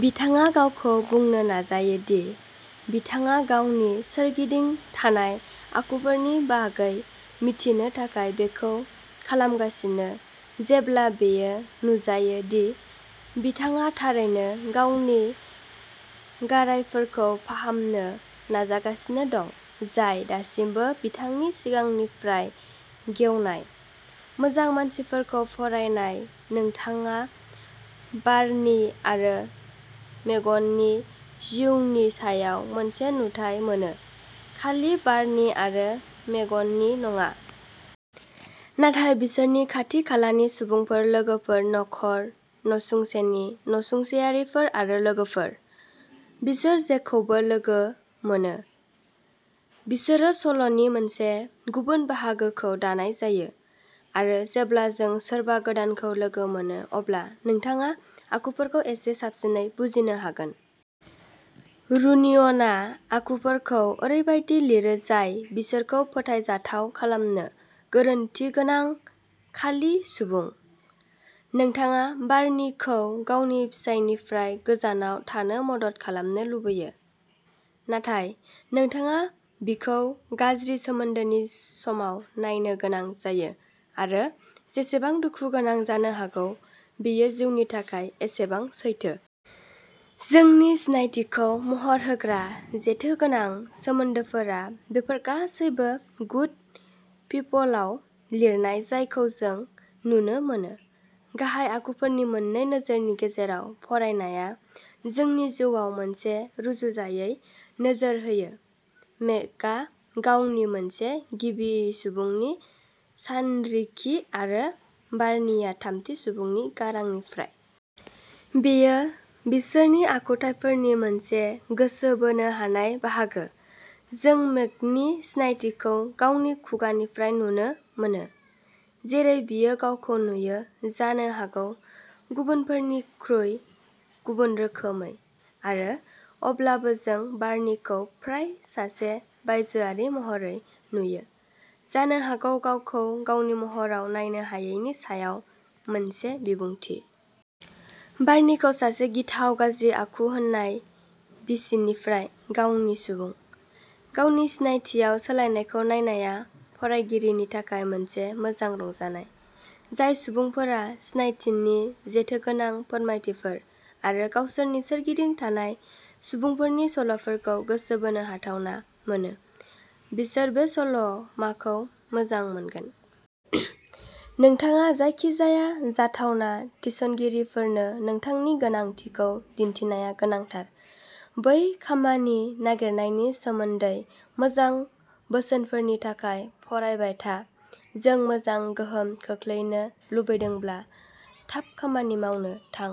बिथाङा गावखौ बुंनो नाजायो दि बिथाङा गावनि सोरगिदिं थानाय आखुफोरनि बागै मिथिनो थाखाय बेखौ खालामगासिनो, जेब्ला बेयो नुजायो दि बिथाङा थारैनो गावनि गारायफोरखौ फाहामनो नाजागासिनो दं जाय दासिमबो बिथांनि सिगांनिफ्राइ गेवनाय। मोजां मानसिफोरखौ फरायनाय, नोंथाङा बार्नि आरो मेगनि जिउनि सायाव मोनसे नुथाइ मोनो, खालि बार्नि आरो मेगनि नङा। नाथाय बिसोरनि खाथि-खालानि सुबुंफोर-लोगोफोर, नखर, नसुंसेनि नसुंसेयारिफोर आरो लोगोफोर। बिसोर जेखौबो लोगो मोनो, बिसोरो सल'नि मोनसे गुबुन बाहागोखौ दानाय जायो, आरो जेब्ला जों सोरबा गोदानखौ लोगो मोनो, अब्ला नोंथाङा आखुफोरखौ एसे साबसिनै बुजिनो हागोन। रुनियनआ आखुफोरखौ ओरैबायदि लिरो जाय बिसोरखौ फोथायजाथाव खालामो-गोरोन्थिगोनां, खालि सुबुं। नोंथाङा बार्नीखौ गावनि फिसायनिफ्राय गोजानाव थानो मदद खालामनो लुबैयो, नाथाय नोंथाङा बिखौ गाज्रि सोमोन्दोनि समाव नायनो गोनां जायो। आरो जेसेबां दुखु गोनां जानो हागौ, बेयो जिउनि थाखाय एसेबां सैथो। जोंनि सिनायथिखौ महर होग्रा जेथोगोनां सोमोन्दोफोरा, बेफोर गासैबो गुड पिपलआव लिरजानाय, जायखौ जों नुनो मोनो। गाहाय आखुफोरनि मोन्नै नोजोरनि गेजेराव फरायनाया जोंनि जिउआव मोनसे रुजुजायै नोजोर होयोः मेगआ गावनि, मोनसे गिबि सुबुंनि सानरिखि, आरो बार्नीया थामथि सुबुंनि गारांनिफ्राय। बेयो बिसोरनि आखुथायफोरनि मोनसे गोसो बोनो हानाय बाहागो। जों मेगनि सिनायथिखौ गावनि खुगानिफ्राय नुनो मोनो, जेरै बियो गावखौ नुयो, जानो हागौ गुबुनफोरनिख्रुइ गुबुन रोखोमै। आरो अब्लाबो जों बार्नीखौ फ्राय सासे बायजोआरि महरै नुयो, जानो हागौ गावखौ गावनि महराव नायनो हायैनि सायाव मोनसे बिबुंथि। बार्नीखौ सासे गिथाव, गाज्रि आखु होनाय बिसिनिफ्राय गावनि सुबुं, गावनि सिनायथिआव सोलायनायखौ नायनाया फरायगिरिनि थाखाय मोनसे मोजां रंजानाय। जाय सुबुंफोरा सिनायथिनि जेथोगोनां फोरमायथिफोर आरो गावसोरनि सोरगिदिं थानाय सुबुंफोरनि सल'फोरखौ गोसो बोनो हाथावना मोनो, बिसोर बे सल'माखौ मोजां मोनगोन। नोंथाङा जायखिजाया जाथावना थिसनगिरिफोरनो नोंथांनि गोनांथिखौ दिन्थिनाया गोनांथार। बै खामानि नागिरनायनि सोमोन्दै मोजां बोसोनफोरनि थाखाय फरायबाय था। नों मोजां गोहोम खोख्लैनो लुबैदोंब्ला थाब खामानि मावनो थां।